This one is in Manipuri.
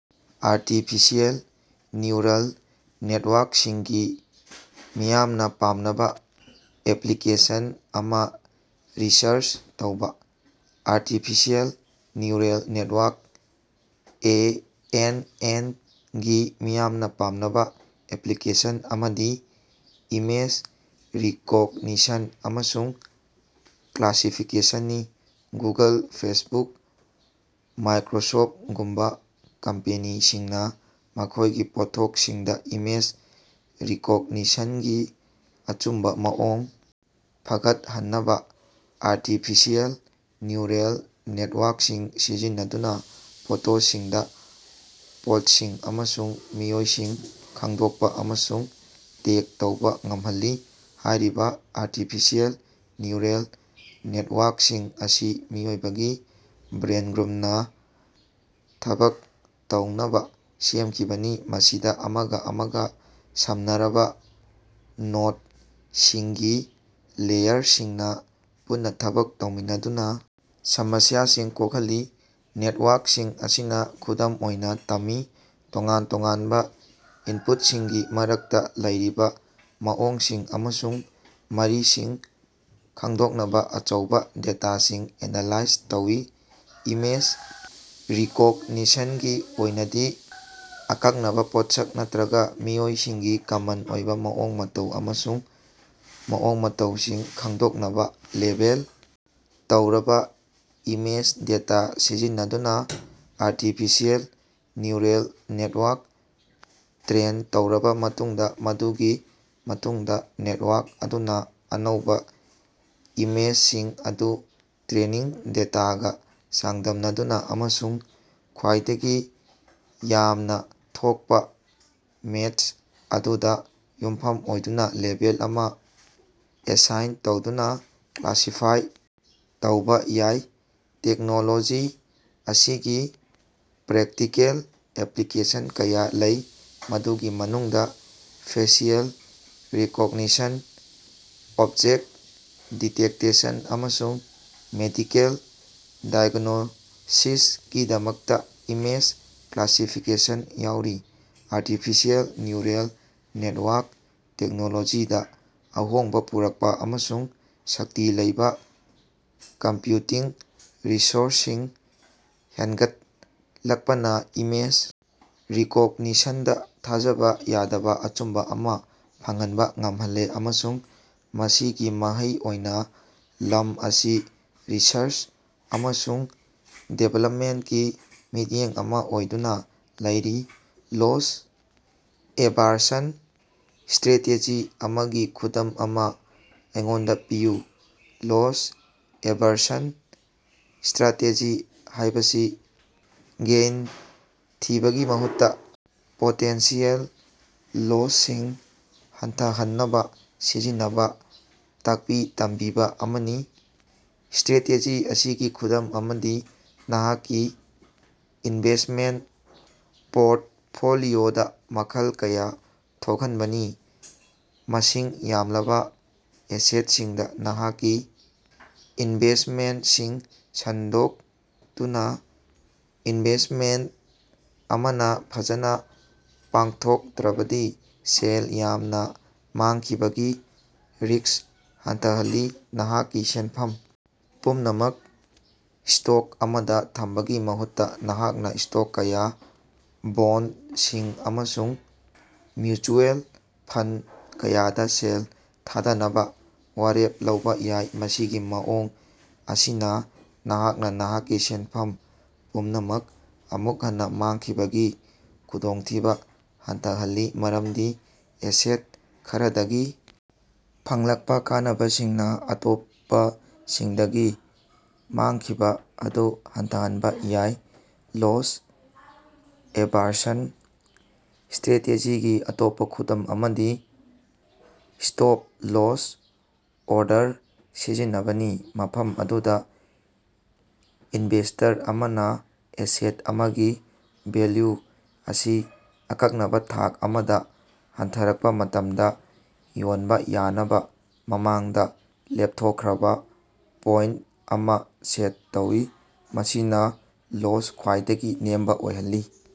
ꯑꯥꯔꯇꯤꯐꯤꯁꯤꯑꯦꯜ ꯅ꯭ꯌꯨꯔꯜ ꯅꯦꯠꯋꯥꯔꯛꯁꯤꯡꯒꯤ ꯃꯤꯌꯥꯝꯅ ꯄꯥꯝꯅꯕ ꯑꯦꯄ꯭ꯂꯤꯀꯦꯁꯟ ꯑꯃꯥ ꯔꯤꯁꯔꯆ ꯇꯧꯕ꯫ Artificial neural network (A. N. ꯑꯦꯟ.)ꯒꯤ ꯃꯤꯌꯥꯝꯅ ꯄꯥꯝꯅꯕ ꯑꯦꯄ꯭ꯂꯤꯀꯦꯁꯟ ꯑꯃꯗꯤ ꯏꯃꯦꯖ ꯔꯤꯀꯣꯒꯅꯤꯁꯟ ꯑꯃꯁꯨꯡ ꯀ꯭ꯂꯥꯁꯤꯐꯤꯀꯦꯁꯟꯅꯤ꯫ ꯒꯨꯒꯜ, ꯐꯦꯁꯕꯨꯛ, ꯃꯥꯏꯀ꯭ꯔꯣꯁꯣꯐꯇꯒꯨꯝꯕ ꯀꯝꯄꯦꯅꯤꯁꯤꯡꯅ ꯃꯈꯣꯏꯒꯤ ꯄꯣꯠꯊꯣꯛꯁꯤꯡꯗ ꯏꯃꯦꯖ ꯔꯤꯀꯣꯒꯅꯤꯁꯟꯒꯤ ꯑꯆꯨꯝꯕꯥ ꯃꯑꯣꯡ ꯐꯒꯠꯍꯟꯅꯕ ꯑꯥꯔꯇꯤꯐꯤꯁꯤꯑꯦꯜ ꯅ꯭ꯌꯨꯔꯜ ꯅꯦꯠꯋꯥꯔꯛꯁꯤꯡ ꯁꯤꯖꯤꯟꯅꯗꯨꯅ ꯐꯣꯇꯣꯁꯤꯡꯗ ꯄꯣꯠꯁꯤꯡ ꯑꯃꯁꯨꯡ ꯃꯤꯑꯣꯏꯁꯤꯡ ꯈꯪꯗꯣꯛꯄ ꯑꯃꯁꯨꯡ ꯇꯦꯒ ꯇꯧꯕ ꯉꯝꯍꯜꯂꯤ꯫ ꯍꯥꯏꯔꯤꯕ ꯑꯥꯔꯇꯤꯐꯤꯁꯤꯑꯦꯜ ꯅ꯭ꯌꯨꯔꯜ ꯅꯦꯇꯋꯥꯔꯛꯁꯤꯡ ꯑꯁꯤ ꯃꯤꯑꯣꯏꯕꯒꯤ ꯕ꯭ꯔꯦꯟꯒꯨꯝꯅ ꯊꯕꯛ ꯇꯧꯅꯕ ꯁꯦꯝꯈꯤꯕꯅꯤ, ꯃꯁꯤꯗ ꯑꯃꯒ ꯑꯃꯒ ꯁꯝꯅꯔꯕ ꯅꯣꯗꯁꯤꯡꯒꯤ ꯂꯦꯌꯔꯁꯤꯡꯅꯥ ꯄꯨꯟꯅ ꯊꯕꯛ ꯇꯧꯃꯤꯟꯅꯗꯨꯅꯥ ꯁꯃꯁ꯭ꯌꯥꯁꯤꯡ ꯀꯣꯛꯍꯜꯂꯤ꯫ ꯅꯦꯇꯋꯥꯔꯛꯁꯤꯡ ꯑꯁꯤꯅ ꯈꯨꯗꯝ ꯑꯣꯏꯅ ꯇꯝꯃꯤ, ꯇꯣꯉꯥꯟ-ꯇꯣꯉꯥꯟꯕ ꯏꯟꯄꯨꯠꯁꯤꯡꯒꯤ ꯃꯔꯛꯇ ꯂꯩꯔꯤꯕ ꯃꯑꯣꯡꯁꯤꯡ ꯑꯃꯁꯨꯡ ꯃꯔꯤꯁꯤꯡ ꯈꯪꯗꯣꯛꯅꯕ ꯑꯆꯧꯕ ꯗꯦꯇꯥꯁꯤꯡ ꯑꯦꯅꯥꯂꯥꯏꯖ ꯇꯧꯏ꯫ ꯏꯃꯦꯖ ꯔꯤꯀꯣꯒꯅꯤꯁꯟꯒꯤ ꯑꯣꯏꯅꯗꯤ, ꯑꯀꯛꯅꯕ ꯄꯣꯠꯁꯛ ꯅꯠꯇ꯭ꯔꯒ ꯃꯤꯑꯣꯏꯁꯤꯡꯒꯤ ꯀꯃꯟ ꯑꯣꯏꯕ ꯃꯑꯣꯡ-ꯃꯇꯧ ꯑꯃꯁꯨꯡ ꯃꯑꯣꯡ-ꯃꯇꯧꯁꯤꯡ ꯈꯪꯗꯣꯛꯅꯕ ꯂꯦꯕꯦꯜ ꯇꯧꯔꯕ ꯏꯃꯦꯖ ꯗꯦꯇꯥ ꯁꯤꯖꯤꯟꯅꯗꯨꯅ ꯑꯥꯔꯇꯤꯐꯤꯁꯤꯑꯦꯜ ꯅ꯭ꯋꯨꯔꯜ ꯅꯦꯠꯋꯥꯔꯛ ꯇ꯭ꯔꯦꯟ ꯇꯧꯔꯕ ꯃꯇꯨꯡꯗ, ꯃꯗꯨꯒꯤ ꯃꯇꯨꯡꯗ ꯅꯦꯠꯋꯥꯔꯛ ꯑꯗꯨꯅ ꯑꯅꯧꯕ ꯏꯃꯦꯖꯁꯤꯡ ꯑꯗꯨ ꯇ꯭ꯔꯦꯅꯤꯡ ꯗꯦꯇꯥꯒ ꯆꯥꯡꯗꯝꯅꯗꯨꯅ ꯑꯃꯁꯨꯡ ꯈ꯭ꯋꯥꯏꯗꯒꯤ ꯌꯥꯝꯅ ꯊꯣꯛꯄ ꯃꯦꯆ ꯑꯗꯨꯗ ꯌꯨꯝꯐꯝ ꯑꯣꯏꯗꯨꯅ ꯂꯦꯕꯦꯜ ꯑꯃ ꯑꯦꯁꯥꯏꯟ ꯇꯧꯗꯨꯅ ꯀ꯭ꯂꯥꯁꯤꯐꯥꯏ ꯇꯧꯕ ꯌꯥꯏ꯫ ꯇꯦꯛꯅꯣꯂꯣꯖꯤ ꯑꯁꯤꯒꯤ ꯄ꯭ꯔꯦꯛꯇꯤꯀꯦꯜ ꯑꯦꯄ꯭ꯂꯤꯀꯦꯁꯟ ꯀꯌꯥ ꯂꯩ, ꯃꯗꯨꯒꯤ ꯃꯅꯨꯡꯗ ꯐꯦꯁꯤꯑꯦꯜ ꯔꯤꯀꯣꯒꯅꯤꯁꯟ, ꯑꯣꯕꯖꯦꯛꯇ ꯗꯤꯇꯦꯛꯇꯦꯁꯟ, ꯑꯃꯁꯨꯡ ꯃꯦꯗꯤꯀꯦꯜ ꯗꯥꯏꯒ꯭ꯅꯣꯁꯤꯁꯀꯤꯗꯃꯛꯇꯥ ꯏꯃꯦꯖ ꯀ꯭ꯂꯥꯁꯤꯐꯤꯀꯦꯁꯟ ꯌꯥꯎꯔꯤ꯫ ꯑꯥꯔꯇꯤꯐꯤꯁꯤꯑꯦꯜ ꯅ꯭ꯌꯨꯔꯜ ꯅꯦꯇꯋꯥꯔꯛ ꯇꯦꯛꯅꯣꯂꯣꯖꯤꯗ ꯑꯍꯣꯡꯕ ꯄꯨꯔꯛꯄ ꯑꯃꯁꯨꯡ ꯁꯛꯇꯤ ꯂꯩꯕ ꯀꯝꯄ꯭ꯌꯨꯇꯤꯡ ꯔꯤꯁꯣꯔꯁꯁꯤꯡ ꯍꯦꯟꯒꯠꯂꯛꯄꯅ ꯏꯃꯦꯖ ꯔꯤꯀꯣꯒꯅꯤꯁꯟꯗ ꯊꯥꯖꯕ ꯌꯥꯗꯕ ꯑꯆꯨꯝꯕ ꯑꯃꯥ ꯐꯪꯍꯟꯕ ꯉꯝꯍꯜꯂꯦ, ꯑꯃꯁꯨꯡ ꯃꯁꯤꯒꯤ ꯃꯍꯩ ꯑꯣꯏꯅ ꯂꯝ ꯑꯁꯤ ꯔꯤꯁꯔꯆ ꯑꯃꯁꯨꯡ ꯗꯤꯕꯦꯂꯞꯃꯦꯟꯠꯀꯤ ꯃꯤꯠꯌꯦꯡ ꯑꯃ ꯑꯣꯏꯗꯨꯅ ꯂꯩꯔꯤ꯫ ꯂꯣꯁ-ꯑꯦꯚꯥꯔꯁꯟ ꯁꯇ꯭ꯔꯦꯇꯦꯖꯤ ꯑꯃꯒꯤ ꯈꯨꯗꯝ ꯑꯃ ꯑꯩꯉꯣꯟꯗ ꯄꯤꯕꯤꯌꯨ꯫ ꯂꯣꯁ-ꯑꯦꯚꯔꯁꯟ ꯁ꯭ꯠꯔꯥꯇꯦꯖꯤ ꯍꯥꯏꯕꯁꯤ ꯒꯦꯏꯟ ꯊꯤꯕꯒꯤ ꯃꯍꯨꯠꯇ ꯄꯣꯇꯦꯟꯁꯤꯑꯦꯜ ꯂꯣꯁꯁꯤꯡ ꯍꯟꯊꯍꯟꯅꯕ ꯁꯤꯖꯤꯟꯅꯕ ꯇꯥꯛꯄꯤ-ꯇꯝꯕꯤꯕ ꯑꯃꯅꯤ꯫ ꯁ꯭ꯠꯔꯦꯇꯦꯖꯤ ꯑꯁꯤꯒꯤ ꯈꯨꯗꯝ ꯑꯃꯗꯤ ꯅꯍꯥꯛꯀꯤ ꯏꯟꯚꯦꯁ꯭ꯇꯃꯦꯟꯠ ꯄꯣꯔꯠꯐꯣꯂꯤꯑꯣꯗꯥ ꯃꯈꯜ ꯀꯌꯥ ꯊꯣꯛꯍꯟꯕꯅꯤ꯫ ꯃꯁꯤꯡ ꯌꯥꯝꯂꯕ ꯑꯦꯁꯦꯠꯁꯤꯡꯗ ꯅꯍꯥꯛꯀꯤ ꯏꯟꯚꯦꯁ꯭ꯇꯃꯦꯟꯠꯁꯤꯡ ꯁꯟꯗꯣꯛꯇꯨꯅ, ꯏꯟꯚꯦꯁ꯭ꯇꯃꯦꯟꯠ ꯑꯃꯅꯥ ꯐꯖꯅ ꯄꯥꯡꯊꯣꯛꯇ꯭ꯔꯕꯗꯤ ꯁꯦꯜ ꯌꯥꯝꯅ ꯃꯥꯡꯈꯤꯕꯒꯤ ꯔꯤꯛꯁ ꯍꯟꯊꯍꯜꯂꯤ꯫ ꯅꯍꯥꯛꯀꯤ ꯁꯦꯟꯐꯝ ꯄꯨꯝꯅꯃꯛ ꯁ꯭ꯇꯣꯛ ꯑꯃꯗ ꯊꯝꯕꯒꯤ ꯃꯍꯨꯠꯇ, ꯅꯍꯥꯛꯅ ꯁ꯭ꯇꯣꯛ ꯀꯌꯥ, ꯕꯣꯟꯗꯁꯤꯡ ꯑꯃꯁꯨꯡ ꯃ꯭ꯌꯨꯆꯨꯑꯦꯜ ꯐꯟꯗ ꯀꯌꯥꯗ ꯁꯦꯜ ꯊꯥꯗꯅꯕ ꯋꯥꯔꯦꯞ ꯂꯧꯕ ꯌꯥꯏ꯫ ꯃꯁꯤꯒꯤ ꯃꯑꯣꯡ ꯑꯁꯤꯅ ꯅꯍꯥꯛꯅꯥ ꯅꯍꯥꯛꯀꯤ ꯁꯦꯟꯐꯝ ꯄꯨꯝꯅꯃꯛ ꯑꯃꯨꯛ ꯍꯟꯅ ꯃꯥꯡꯈꯤꯕꯒꯤ ꯈꯨꯗꯣꯡꯊꯤꯕ ꯍꯟꯊꯍꯜꯂꯤ ꯃꯔꯝꯗꯤ ꯑꯦꯁꯦꯠ ꯈꯔꯗꯒꯤ ꯐꯪꯂꯛꯄ ꯀꯥꯟꯅꯕꯁꯤꯡꯅ ꯑꯇꯣꯞꯄꯁꯤꯡꯗꯒꯤ ꯃꯥꯡꯈꯤꯕ ꯑꯗꯨ ꯍꯟꯊꯍꯟꯕ ꯌꯥꯏ꯫ ꯂꯣꯁ-ꯑꯦꯚꯥꯔꯁꯟ ꯁ꯭ꯠꯔꯦꯇꯦꯖꯤꯒꯤ ꯑꯇꯣꯞꯄ ꯈꯨꯗꯝ ꯑꯃꯗꯤ ꯏꯁꯇꯣꯞ-ꯂꯣꯁ ꯑꯣꯔꯗꯔ ꯁꯤꯖꯤꯟꯅꯕꯅꯤ, ꯃꯐꯝ ꯑꯗꯨꯗ ꯏꯟꯚꯦꯁꯇꯔ ꯑꯃꯅ ꯑꯦꯁꯦꯠ ꯑꯃꯒꯤ ꯚꯦꯜꯌꯨ ꯑꯁꯤ ꯑꯀꯛꯅꯕ ꯊꯥꯛ ꯑꯃꯗꯥ ꯍꯟꯊꯔꯛꯄ ꯃꯇꯝꯗ ꯌꯣꯟꯕ ꯌꯥꯅꯕ ꯃꯃꯥꯡꯗ ꯂꯦꯞꯊꯣꯛꯈ꯭ꯔꯕ ꯄꯣꯏꯟꯇ ꯑꯃ ꯁꯦꯠ ꯇꯧꯏ, ꯃꯁꯤꯅ ꯂꯣꯁ ꯈ꯭ꯋꯥꯏꯗꯒꯤ ꯅꯦꯝꯕ ꯑꯣꯏꯍꯜꯂꯤ꯫